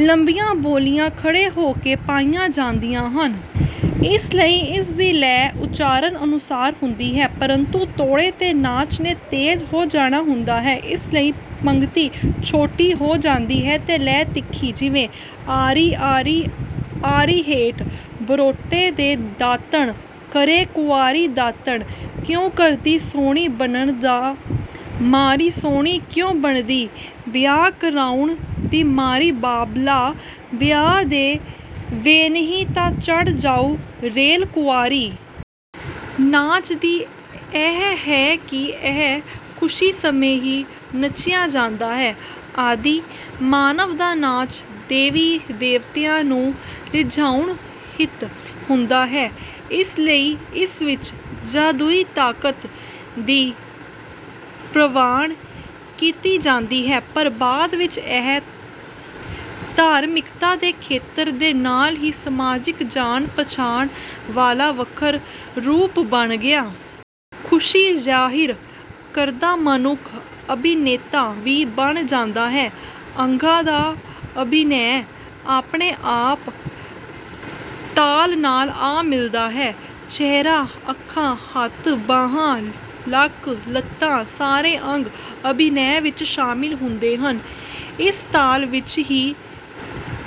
ਲੰਮੀਆਂ ਬੋਲੀਆਂ ਖੜ੍ਹੇ ਹੋ ਕੇ ਪਾਈਆਂ ਜਾਂਦੀਆਂ ਹਨ ਇਸ ਲਈ ਇਸ ਦੀ ਲੈਅ ਉਚਾਰਣ ਅਨੁਸਾਰ ਹੁੰਦੀ ਹੈ ਪਰੰਤੂ ਤੋੜੇ ਤੇ ਨਾਚ ਨੇ ਤੇਜ਼ ਹੋ ਜਾਣਾ ਹੁੰਦਾ ਹੈ ਇਸ ਲਈ ਪੰਗਤੀ ਛੋਟੀ ਹੋ ਜਾਂਦੀ ਹੈ ਤੇ ਲੈਅ ਤਿੱਖੀ ਜਿਵੇਂ; ਆਰੀ ਆਰੀ ਆਰੀਹੇਠ ਬਰੋਟੇ ਦੇ ਦਾਤਣ ਕਰੇ ਕੁਆਰੀਦਾਤਣ ਕਿਉਂ ਕਰਦੀ ਸੁਹਣੀ ਬਣਨ ਦੀ ਮਾਰੀਸੁਹਣੀ ਕਿਉਂ ਬਣਦੀ ਵਿਆਹ ਕਰਾਉਣ ਦੀ ਮਾਰੀਬਾਬਲਾ ਵਿਆਹ ਦੇ ਵੇਨਹੀਂ ਤਾਂ ਚੜ੍ਹ ਜਾਊ ਰੇਲ ਕੁਆਰੀ। ਨਾਚ ਦੀ ਇਹ ਹੈ ਕਿ ਇਹ ਖੁਸ਼ੀ ਸਮੇਂ ਹੀ ਨੱਚਿਆ ਜਾਂਦਾ ਹੈ। ਆਦਿ ਮਾਨਵ ਦਾ ਨਾਚ ਦੇਵੀ ਦੇਵਤਿਆਂ ਨੂੰ ਰਿਝਾਉਣ ਹਿੱਤ ਹੁੰਦਾ ਹੈ ਇਸ ਲਈ ਇਸ ਵਿਚ ਜਾਦੂਈ ਤਾਕਤ ਦੀ ਪ੍ਰਵਾਣ ਕੀਤੀ ਜਾਂਦੀ ਹੈ ਪਰ ਬਾਦ ਵਿਚ ਇਹ ਧਾਰਮਿਕਤਾ ਦੇ ਖੇਤਰ ਦੇ ਨਾਲ ਹੀ ਸਮਾਜਿਕ ਜਾਣ ਪਛਾਣ ਵਾਲਾ ਵੱਖਰਾ ਰੂਪ ਬਣ ਗਿਆ। ਖੁਸ਼ੀ ਜ਼ਾਹਿਰ ਕਰਦਾ ਮਨੁੱਖ ਅਭਿਨੇਤਾ ਵੀ ਬਣ ਜਾਂਦਾ ਹੈ, ਅੰਗਾਂ ਦਾ ਅਭਿਨੈ ਆਪਣੇ ਆਪ ਤਾਲ ਨਾਲ ਆ ਮਿਲਦਾ ਹੈ। ਚਿਹਰਾ, ਅੱਖਾਂ, ਹੱਥ ਬਾਹਾਂ, ਲੱਕ, ਲੱਤਾਂ ਸਾਰੇ ਅੰਗ ਅਭਿਨੈ ਵਿਚ ਸ਼ਾਮਿਲ ਹੁੰਦੇ ਹਨ। ਇਕ ਤਾਲ ਵਿਚ ਹੀ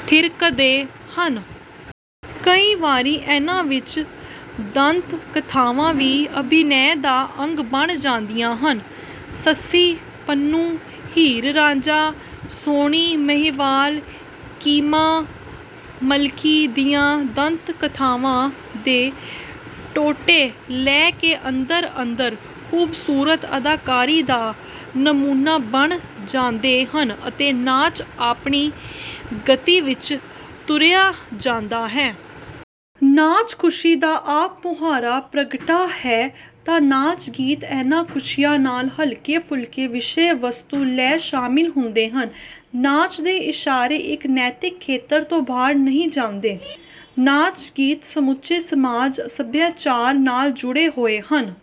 ਥਿਰਕਦੇ ਹਨ। ਕਈ ਵਾਰੀ ਇਨ੍ਹਾਂ ਵਿਚ ਦੰਤ ਕਥਾਵਾਂ ਵੀ ਅਭਿਨੈ ਦਾ ਅੰਗ ਬਣ ਜਾਂਦੀਆਂ ਹਨ। ਸੱਸੀ-ਪੁੰਨੂ, ਹੀਰ-ਰਾਝਾਂ, ਸੋਹਣੀ-ਮਹੀਂਵਾਲ, ਕੀਮਾ-ਮਲਕੀ ਦੀਆਂ ਦੰਤ ਕਥਾਵਾਂ ਦੇ ਟੋਟੇ ਲੈਅ ਦੇ ਅੰਦਰ ਅੰਦਰ ਖੂਬਸੂਰਤ ਅਦਾਕਾਰੀ ਦਾ ਨਮੂਨਾ ਬਣ ਜਾਂਦੇ ਹਨ ਅਤੇ ਨਾਚ ਆਪਣੀ ਗਤੀ ਵਿਚ ਤੁਰਿਆ ਜਾਂਦਾ ਹੈ। ਨਾਚ ਖੁਸ਼ੀ ਦਾ ਆਪ ਮੁਹਾਰਾ ਪ੍ਰਗਟਾ ਹੈ ਤਾਂ ਨਾਚ ਗੀਤ ਇਨ੍ਹਾਂ ਖੁਸ਼ੀਆਂ ਨਾਲ ਹਲਕੇ ਫੁਲਕੇ ਵਿਸ਼ੇ ਵਸਤੂ ਲੈ ਸ਼ਾਮਿਲ ਹੁੰਦੇ ਹਨ। ਨਾਚ ਦੇ ਇਸ਼ਾਰੇ ਇਕ ਨੈਤਿਕ ਖੇਤਰ ਤੋਂ ਬਾਹਰ ਨਹੀਂ ਜਾਂਦੇ। ਨਾਚ ਗੀਤ ਸਮੁੱਚੇ ਸਮਾਜ ਸਭਿਆਚਾਰ ਨਾਲ ਜੁੜੇ ਹੋਏ ਹਨ।